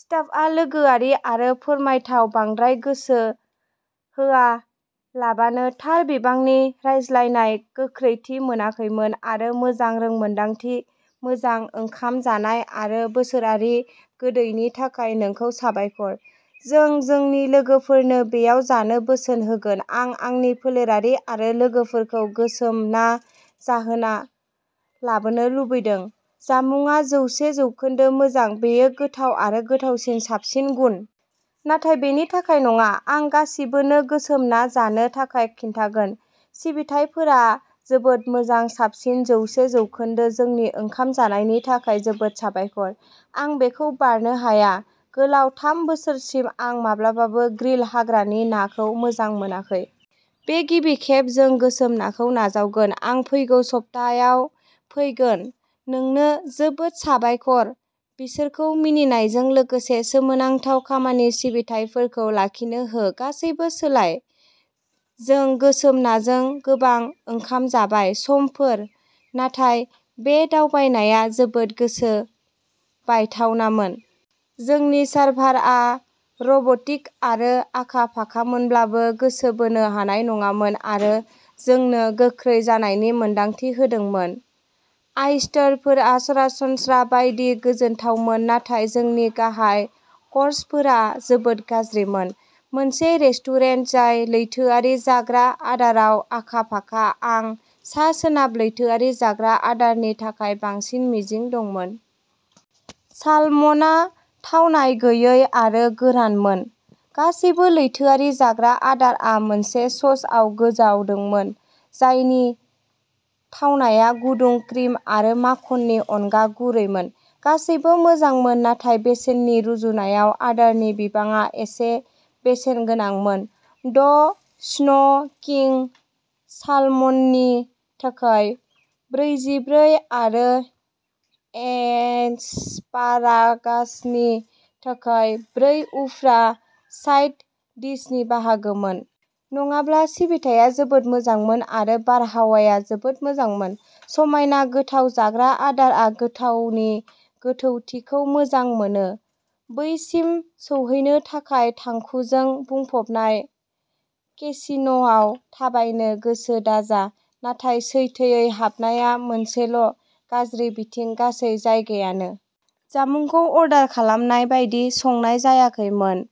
स्टाफआ लोगोआरि आरो फोरमायथाव बांद्राय गोसो होआलाबानो थार बिबांनि रायज्लायनाय गोख्रैथि मोनाखैमोन। गासै मोजां रोंमोनदांथि, मोजां ओंखाम जानाय आरो बोसोरारि गोदैनि थाखाय नोंखौ साबायखर। जों जोंनि लोगोफोरनो बेयाव जानो बोसोन होगोन। आं आंनि फोलेरारि आरो लोगोफोरखौ गोसोम ना जाहोना लाबोनो लुबैदों, जामुंआ जौसे जौखोन्दो मोजां, बेयो गोथाव आरो गोथावसिन साबसिन गुन। नाथाय बेनि थाखाय नङा, आं गासिबोनो गोसोम ना जानो थाखाय खिन्थागोन, सिबिथाइफोरा जोबोद मोजां साबसिन जौसे जौखोन्दो जोंनि ओंखाम जानायनि थाखाय जोबोद साबायखर, आं बेखौ बारनो हाया। गोलाव थाम बोसोरसिम आं माब्लाबाबो ग्रिल हाग्रानि नाखौ मोजां मोनाखै। बे गिबि खेब जों गोसोम नाखौ नाजावगोन, आं फैगौ सप्तायाव फैगोन। नोंनो जोबोद साबायखर, बिसोरखौ मिनिनायजों लोगोसे सोमोनांथाव खामानि सिबिथाइफोरखौ लाखिनो हो, गासैबो सोलाय। जों गोसोम नाजों गोबां ओंखाम जाबाय। समफोर नाथाय बे दावबायनाया जोबोद गोसो बायथावनामोन। जोंनि सार्भारआ रब'टिक आरो आखा-फाखामोनब्लाबो गोसो बोनो हानाय नङामोन आरो जोंनो गोख्रै जानायनि मोन्दांथि होदोंमोन। ऑयस्टारफोरा सरासनस्रा बायदि गोजोनथावमोन नाथाय जोंनि गाहाय क'र्सफोरा जोबोद गाज्रिमोन। मोनसे रेस्टुरेन्ट जाय लैथोआरि जाग्रा आदाराव आखा-फाखा, आं सा-सोनाब लैथोआरि जाग्रा आदारनि थाखाय बांसिन मिजिं दंमोन। सालमनआ थावनाय गैयै आरो गोरानमोन। गासैबो लैथोआरि जाग्रा आदारआ मोनसे ससआव गोजावदोंमोन, जायनि थावनाया गुदुं क्रिम आरो माखननि अनगा गुरैमोन। गासैबो मोजांमोन नाथाय बेसेननि रुजुनायाव आदारनि बिबाङा एसे बेसेन गोनांमोन, द' स्न' किंग सालमननि थाखाय ब्रैजिब्रै आरो एस्पारागासनि थाखाय ब्रै उफ्रा साइड डिशनि बाहागोमोन। नङाब्ला सिबिथाया जोबोद मोजांमोन आरो बारहावाया जोबोद मोजांमोन। समायना गोथाव जाग्रा आदारआ गोथावनि गोथौथिखौ मोजां मोनो। बैसिम सौहैनो थाखाय थांखुजों बुंफबनाय केसिनोआव थाबायनो गोसो दाजा, नाथाय सैथोयै हाबनाया मोनसेल' गाज्रि बिथिं गासै जायगायानो। जामुंखौ अर्डार खालामनाय बायदि संनाय जायाखैमोन।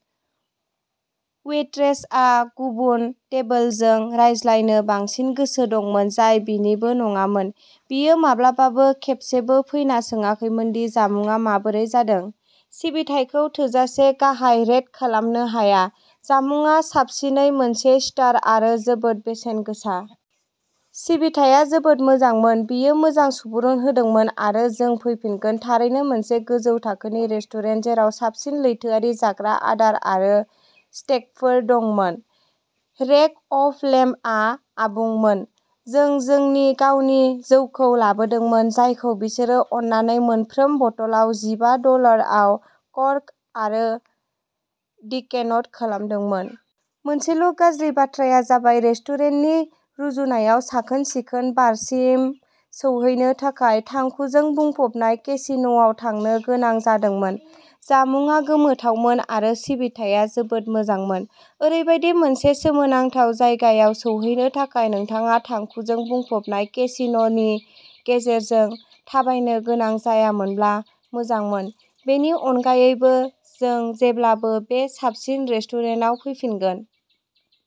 वेट्रेसआ गुबुन टेबोलजों रायज्लायनो बांसिन गोसो दंमोन, जाय बिनिबो नङामोन। बियो माब्लाबाबो खेबसेबो फैना सोङाखैमोन दि जामुंआ माबोरै जादों। सिबिथायखौ थोजासे गाहाय रेट खालामनो हाया। जामुंआ साबसिनै मोनसे स्टार आरो जोबोद बेसेन गोसा। सिबिथाया जोबोद मोजांमोन, बियो मोजां सुबुरुन होदोंमोन आरो जों फैफिनगोन थारैनो मोनसे गोजौ थाखोनि रेस्टुरेन्ट जेराव साबसिन लैथोआरि जाग्रा आदार आरो स्टेकफोर दंमोन। रेक अफ लेम्बआ आबुंमोन। जों जोंनि गावनि जौखौ लाबोदोंमोन, जायखौ बिसोरो अननानै मोनफ्रोम बथलाव जिबा दलार आव कर्क आरो डिकेनट खालामदोंमोन। मोनसेल' गाज्रि बाथ्राया जाबाय रेस्टुरेन्टनि रुजुनायाव साखोन-सिखोन बारसिम सौहैनो थाखाय थांखुजों बुंफबनाय केसिनोआव थांनो गोनां जादोंमोन। जामुंआ गोमोथावमोन आरो सिबिथाया जोबोद मोजांमोन। ओरैबायदि मोनसे सोमोनांथाव जायगायाव सौहैनो थाखाय नोंथाङा थांखुजों बुंफबनाय केसिनोनि गेजेरजों थाबायनो गोनां जायामोनब्ला मोजांमोन। बेनि अनगायैबो, जों जेब्लाबो बे साबसिन रेस्टुरेन्टाव फैफिनगोन।